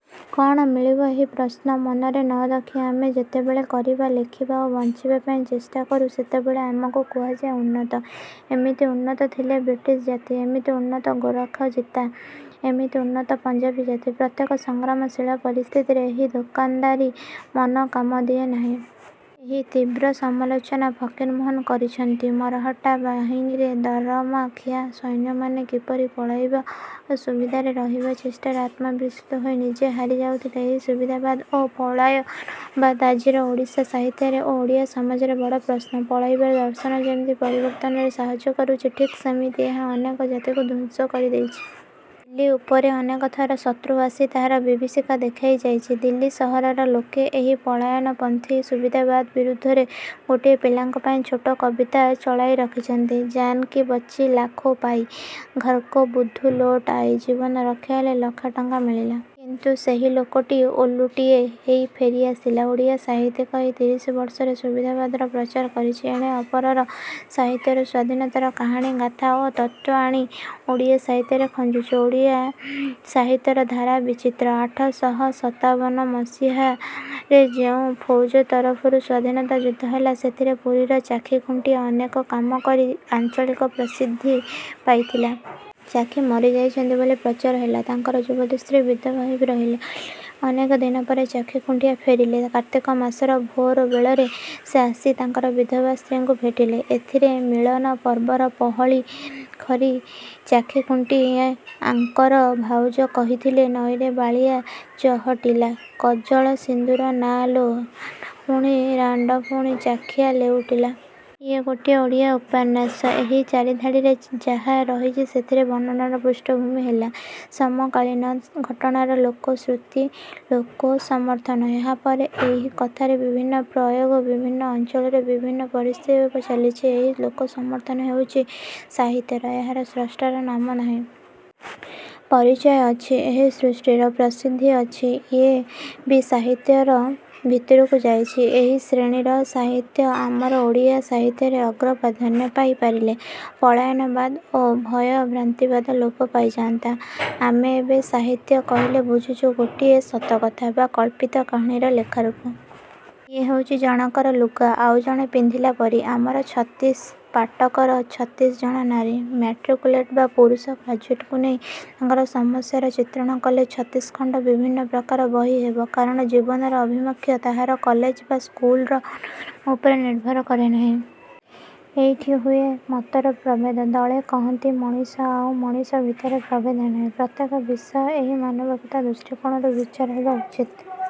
କ'ଣ ମିଳିବ? -ଏହି ପ୍ରଶ୍ନ ମନରେ ନ ରଖି ଆମେ ଯେତେବେଳେ କରିବା, ଲେଖିବା ଓ ବଞ୍ଚିବା ପାଇଁଚେଷ୍ଟା କରୁ ସେତେବେଳେ ଆମକୁ କୁହାଯାଏ ଉନ୍ନତ। ଏମିତି ଉନ୍ନତ ଥିଲେ ବ୍ରିଟିଶ ଜାତି। ଏମିତି ଉନ୍ନତ ଗୋରଖା ଜାତି। ଏମିତି ଉନ୍ନତ ପଞ୍ଜାବୀ ଜାତି। ପ୍ରତ୍ୟେକ ସଂଗ୍ରାମଶୀଳ ପରିସ୍ଥିତିରେ ଏହି ଦୋକାନଦାରୀ ମନ କାମ ଦିଏ ନାହିଁ। ଏହାର ତୀବ୍ର ସମାଲୋଚନା ଫକୀରମୋହନ କରିଛନ୍ତି। ମରହଟ୍ଟା ବାହିନୀରେ ଦରମାଖିଆ ସୈନ୍ୟମାନେ କିପରି ପଳାଇବା ଓ ସୁବିଧାରେ ରହିବା ଚେଷ୍ଟାରେ ଆତ୍ମବିସ୍ମୃତ ହୋଇ ନିଜେ ହାରି ଯାଉଥିଲେ। ଏହି ସୁବିଧାବାଦ ଓ ପଳାୟନବାଦ ଆଜିର ଓଡ଼ିଆ ସାହିତ୍ୟରେ ଓ ଓଡ଼ିଆ ସମାଜରେ ବଡ଼ ପ୍ରଶ୍ନ। ପଳାଇବାର ଦର୍ଶନ ଯେମିତି ପରିବର୍ତ୍ତନରେ ସାହାଯ୍ୟ କରିଛି ଠିକ୍ ସେମିତି ଏହା ଅନେକ ଜାତିକୁ ଧ୍ୱଂସ କରି ଦେଇଛି। ଦିଲ୍ଲୀ ଉପରେ ଅନେକଥର ଶତ୍ରୁ ଆସି ତାହାର ବିଭୀଷିକା ଦେଖାଇ ଯାଇଛି। ଦିଲ୍ଲୀ ସହରର ଲୋକେ ଏହି ପଳାୟନପନ୍ଥୀ ସୁବିଧାବାଦ ବିରୁଦ୍ଧରେ ଗୋଟିଏ ପିଲାଙ୍କ ପାଇଁ ଛୋଟ କବିତା ଚଳାଇ ରଖିଛନ୍ତି- ଜାନ୍ ବଚ୍ଚି ଲାଖୋ ପାଇ ଘରକୋ ବୁଦ୍ଧୁ ଲୌଟ୍ ଆଇ। ଜୀବନ ରକ୍ଷା ହେଲେ ଲକ୍ଷେ ଟଙ୍କା ମିଳିଲା। କିନ୍ତୁ ସେହି ଲୋକଟି ଓଲୁଟିଏ ହେଇ ଫେରି ଆସିଲା। ଓଡ଼ିଆ ସାହିତ୍ୟିକ ଏହି ତିରିଶିବର୍ଷରେ ସୁବିଧାବାଦର ପ୍ରଚାର କରିଛି। ଏଣେ ଅପରର ସାହିତ୍ୟରୁ ସ୍ୱାଧୀନତାର କାହାଣୀ, ଗାଥା ଓ ତତ୍ତ୍ୱ ଆଣି ଓଡ଼ିଆ ସାହିତ୍ୟରେ ଖଞ୍ଜୁଛି। ଓଡ଼ିଆ ସାହିତ୍ୟର ଧାରା ବିଚିତ୍ର। ଅଠରଶହ ସତାବନ ମସିହାରେ ଯେଉଁ ଫୌଜ ତରଫରୁ ସ୍ୱାଧୀନତା ଯୁଦ୍ଧ ହେଲା ସେଥିରେ ପୁରୀର ଚାଖି ଖୁଣ୍ଟିଆ ଅନେକ କାମ କରି ଆଞ୍ଚଳିକ ପ୍ରସିଦ୍ଧି ପାଇଥିଲେ। ଚାଖି ମରିଯାଇଛନ୍ତି ବୋଲି ପ୍ରଚାର ହେଲା। ତାଙ୍କର ଯୁବତୀ ସ୍ତ୍ରୀ ବିଧବା ହେଇ ରହିଲେ। ଅନେକ ଦିନ ପରେ ଚାଖିଖୁଣ୍ଟିଆ ଫେରିଲେ। କାର୍ତ୍ତିକ ମାସର ଭୋର ବେଳରେ ସେ ଆସି ତାଙ୍କର ବିଧବା ସ୍ତ୍ରୀଙ୍କୁ ଭେଟିଲେ। ଏଥିରେ ମିଳନ ପର୍ବର ପହଳି କରି ଚାଖିଖୁଣ୍ଟି ଆଙ୍କର ଭାଉଜ କହିଥିଲେ- ନଈରେ ବାଳିଆ ଚହଟିଲା କଜଳ ସିନ୍ଦୂର ନାଆ ଲୋ ରାଣ୍ତ ପୁଣି ଚାଖିଆ ଲେଉଟିଲା। ଇଏ ଗୋଟିଏ ଓଡ଼ିଆ ଉପନ୍ୟାସ। ଏହି ଚାରିଧାଡ଼ିରେ ଯାହା ରହିଛି ସେଥିରେ ବର୍ଣ୍ଣନାର ପୃଷ୍ଠଭୂମି ହେଲା ସମକାଳୀନ ଘଟଣାର ଲୋକ-ଶୃତି ଓ ଲୋକ-ସମର୍ଥନ। ଏହାପରେ ଏହି କଥାର ବିଭିନ୍ନ ପ୍ରୟୋଗ ବିଭିନ୍ନ ଅଞ୍ଚଳରେ ବିଭିନ୍ନ ପରିସ୍ଥିତିରେ ଚାଲିଛି। ଏହି ଲୋକ-ସମର୍ଥନ ହେଉଛି ସାହିତ୍ୟର। ଏହାର ସ୍ରଷ୍ଟାର ନାମ ନାହିଁ। ପରିଚୟ ଅଛି। ଏହି ସୃଷ୍ଟିର ପ୍ରସିଦ୍ଧି ଅଛି। ଇଏ ବି ସାହିତ୍ୟ ଭିତରକୁ ଯାଇଛି। ଏହି ଶ୍ରେଣୀର ସାହିତ୍ୟ ଆମର ଓଡ଼ିଆ ସାହିତ୍ୟରେ ଅଗ୍ରପ୍ରାଧାନ୍ୟ ପାଇ ପାରିଲେ ପଳାୟନବାଦ ଓ ଭୟ-ଭ୍ରାନ୍ତିବାଦ ଲୋପ ପାଇଯାନ୍ତା। ଆମେ ଏବେ ସାହିତ୍ୟ କହିଲେ ବୁଝୁଛୁ ଗୋଟିଏ ସତକଥା ବା କଳ୍ପିତ କାହାଣୀର ଲେଖାରୂପ। ଇଏ ହେଉଛି ଜଣକର ଲୁଗା ଆଉ ଜଣେ ପିନ୍ଧିଲା ପରି। ଆମର ଛତିଶ ପାଟକର ଛତିଶଜଣ ନାରୀ ମାଟ୍ରିକୁଲେଟ୍ ବା ପୁରୁଷ ଗ୍ରାଜୁଏଟଙ୍କୁ ନେଇ ତାଙ୍କର ସମସ୍ୟାର ଚିତ୍ରଣ କଲେ ଛତିଶଖଣ୍ତ ବିଭିନ୍ନ ପ୍ରକାରର ବହି ହେବ। କାରଣ ଜୀବନର ଆଭିମୁଖ୍ୟ ତାହାର କଲେଜ ବା ସ୍କୁଲର ପାଠ୍ୟକ୍ରମ ଉପରେ ନିର୍ଭର କରେ ନାହିଁ। ଏଇଠି ହୁଏ ମତର ପ୍ରଭେଦ।। ଦଳେ କହନ୍ତି ମଣିଷ ଆଉ ମଣିଷ ଭିତରେ ପ୍ରଭେଦ ନାହିଁ। ପ୍ରତ୍ୟେକ ବିଷୟ ଏହି ମାନବିକତା ଦୃଷ୍ଟି କୋଣରୁ ବିଚାର ହେବା ଉଚିତ୍।